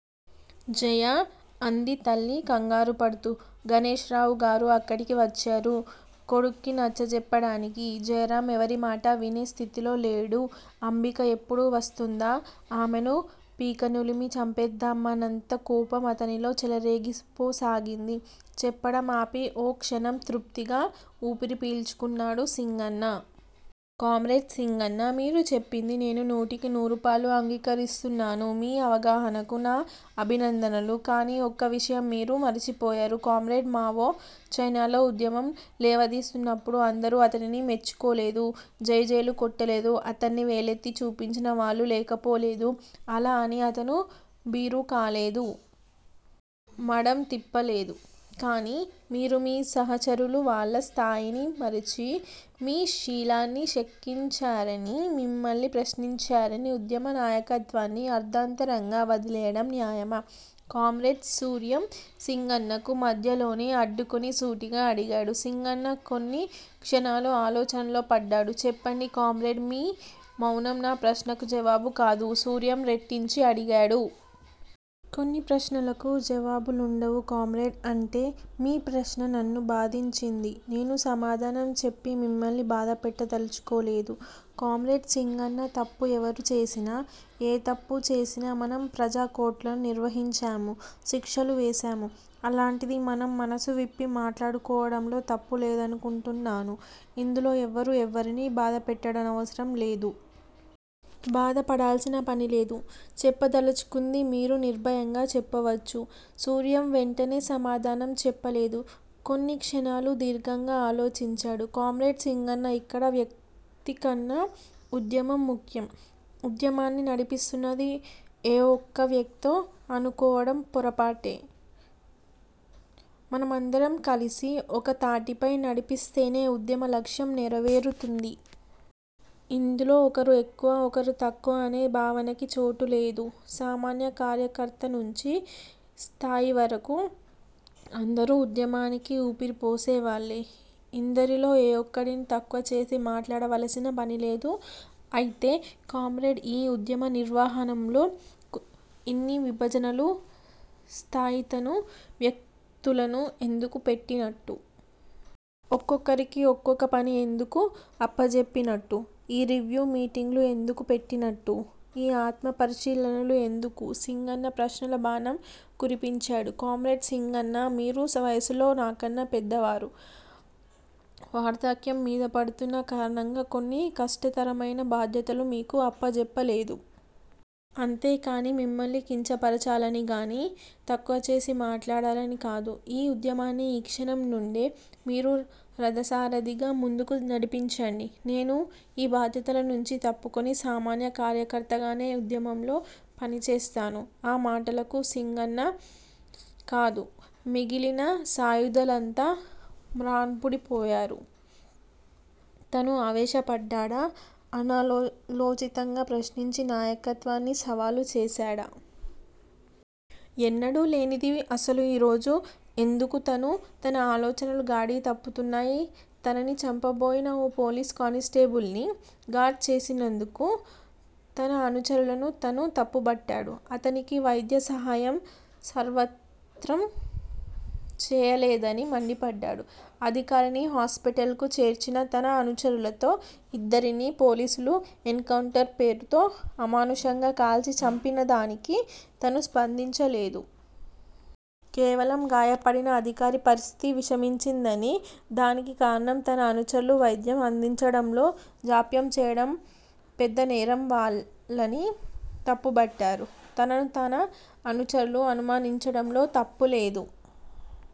జయా! అంది తల్లి కంగారుపడుతూ, గణేశ్ రావు గారు అక్కడికి వచ్చారు, కొడుక్కి నచ్చచెప్పడానికి. జయరామ్ ఎవరిమాటా వినే స్థితిలో లేడు. అంబిక ఎప్పుడు వస్తుందా, ఆమెను పీకనులిమి చంపేద్దామన్నంత కోపం అతనిలో చెలరేగిపోసాగింది. చెప్పడం ఆపి ఓ క్షణం తృప్తిగా ఊపిరి పీల్చుకున్నాడు సింగన్న. కామ్రేడ్ సింగన్న మీరు చెప్పింది నేను నూటికి నూరుపాళ్ళు అంగీకరిస్తున్నాను. మీ అవగహానకు నా భినందనలు. కాని ఒక్క విషయం మీరు మరచిపోయారు. కామ్రేడ్ మావో చైనాలో ఉద్యమం లేవాదీస్తున్నప్పుడు అందరూ అతనిని మెచ్చుకోలేదు. జైజేలు కొట్టలేదు. అతన్ని వేలెత్తి చూపించిన వాళ్ళు లేకపోలేదు. అలా అని అతను భీరువుకాలేదు. మడం తిప్పలేదు. కానీ మీరు మీ సహచరులు వాళ్ళ స్థాయిని మరచి మీ శీలాన్ని శకించారని, మిమ్మల్నే ప్రశ్నించారని ఉద్యమ నాయకత్వాన్ని అర్దారంతరంగా వదిలివేయడం న్యాయమా? కామ్రేడ్ సూర్యం సింగన్నకు మధ్యలోనే అడ్డుకుని సూటిగా అడిగాడు. సింగన్న కొన్ని క్షణాలు ఆలోచనల్లో పడ్డాడు. చెప్పండి కామ్రేడ్ మీ మౌనం నా ప్రశ్నకు జవాబు కాదు సూర్యం రెట్టించి అడిగాడు. కొన్ని ప్రశ్నలకు జావాబులుండవు కామ్రేడ్ అంటే మీ ప్రశ్న నన్ను బాధించింది నేను సమాధానం చెప్పి మిమ్మల్ని బాధపెట్టదలచుకోలేదు కామ్రేడ్ సింగన్నా తప్పు ఎవరు చేసినా, ఏ తప్పుచేసినా మనం ప్రజాకోర్టులను నిర్వహించాము. శిక్షలు వేశాము. అలాంటిది మనం మనసు విప్పి మాట్లాడుకోవడంలో తప్పులేదనుకుంటాను. ఇందులో ఎవ్వరూ ఎవ్వరిని బాధపెట్టనవసరం లేదు. బాధపడాల్సిన పనిలేదు. చెప్పదలచుకుంది మీరు నిర్భయంగా చెప్పవచ్చు. సూర్యం వెంటనే సమాధానం చెప్పలేదు. కొన్నిక్షణాలు దీర్ఘంగా అలోచించాడు. కామ్రేడ్ సింగన్న ఇక్కడ వ్యక్తికన్నా ఉద్యమం ముఖ్యం. ఉద్యమాన్ని నడిపిస్తున్నది ఏ ఒక్క వ్యక్తో అనుకోవడం పొరపాటే! మనందరం కలసి ఒక తాటిపై నడిపిస్తేనే ఉద్యమ లక్ష్యం నెరవేరుతుంది. ఇందులో ఒకరు ఎక్కువ ఒకరు తక్కువ అనే భావనకి చోటు లేదు. సామాన్య కార్యకర్తనుంచి న స్థాయివరకు అందరూ ఉద్యమానికి ఊపిరిపోసేవాళ్ళే. ఇందరిలో ఏ ఒక్కడిని తక్కువచేసి మాట్లాడావలసిన పనిలేదు అయితే కామ్రేడ్ ఈ ఉద్యమ నిర్వహణంలో ఇన్ని విభజనులు, స్థాయితను వ్యక్తులను ఎందుకు పేట్టినట్టు? ఒక్కొక్కరికి ఒక్కొక్క పని ఎందుకు అప్పజెప్పి నట్టు? ఈ రివ్యూ మీటింగులు ఎందుకు పెట్టినట్టు? ఈ ఆత్మ పరీశీలనలు ఎందుకు? సింగన్న ప్రశ్నల బాణం కురిపించాడు. కామ్రేడ్ సింగన్న మీరు వయసులో నాకన్నా పెద్దవారు వార్ధక్యం మీదపడుతున్న కారణంగా కొన్ని కష్టతరమైన బాధ్యతలు మీకు అప్పజెప్పలేదు. అంతేకాని మిమ్మల్ని కించపరచాలనిగాని, తక్కువచేసి మాట్లాడాలని కాదు. ఈ ఉద్యమాన్ని ఈ క్షణం నుండే మీరు రధసారిధిగా ముందుకు నడిపించండి. నేను ఈ బాధ్యతల నుండి తప్పుకుని సామాన్య కార్యకర్తగానే ఉద్యమంలో పనిచేస్తాను ఆ మాటలకు సింగన్నేకాదు. మిగిలిన సాయుధలంతా మ్రాన్పుడిపోయారు. తను ఆవేశపడ్డాడా? అనాలోచితంగా ప్రశ్నించి నాయకత్వన్ని సవాలు చేశాడా? ఎన్నడూ లేనిది అసలు ఈ రోజు ఎమ్దుకు తను, తన ఆలోచనలు గాడి తప్పుతున్నాయి. తనని చంపబోయిన ఓ పోలీసు కానిస్టేబుల్ ని ఘాట్ చేసినందుకు తన అనుచరులను తను తప్పుబట్టాడు. అతనికి వైద్య సహాయం సర్వత్వం చేయలేదని మండిపడ్డాడు. అధికారిని హాస్పిటల్ కు చేర్చిన తన అనుచరులతో ఇద్దరినీ పోలీసులు ఎన్ కౌంటర్ పేరుతో అమానుషంగా కాల్చి చంపినాదానికి తను స్పందించలేదు. కేవలం గయాపడిన అధికారి పరిస్థితి విషమించిందని, దానికి కారణం తన అనుచరులు వైద్యం అందించడంలో జాప్యంచేయడం పెద్దనేరం వాళ్ళని తప్పుబట్టాడు. తనను తన అనుచరులు అనుమానించడంలో తప్పులేదు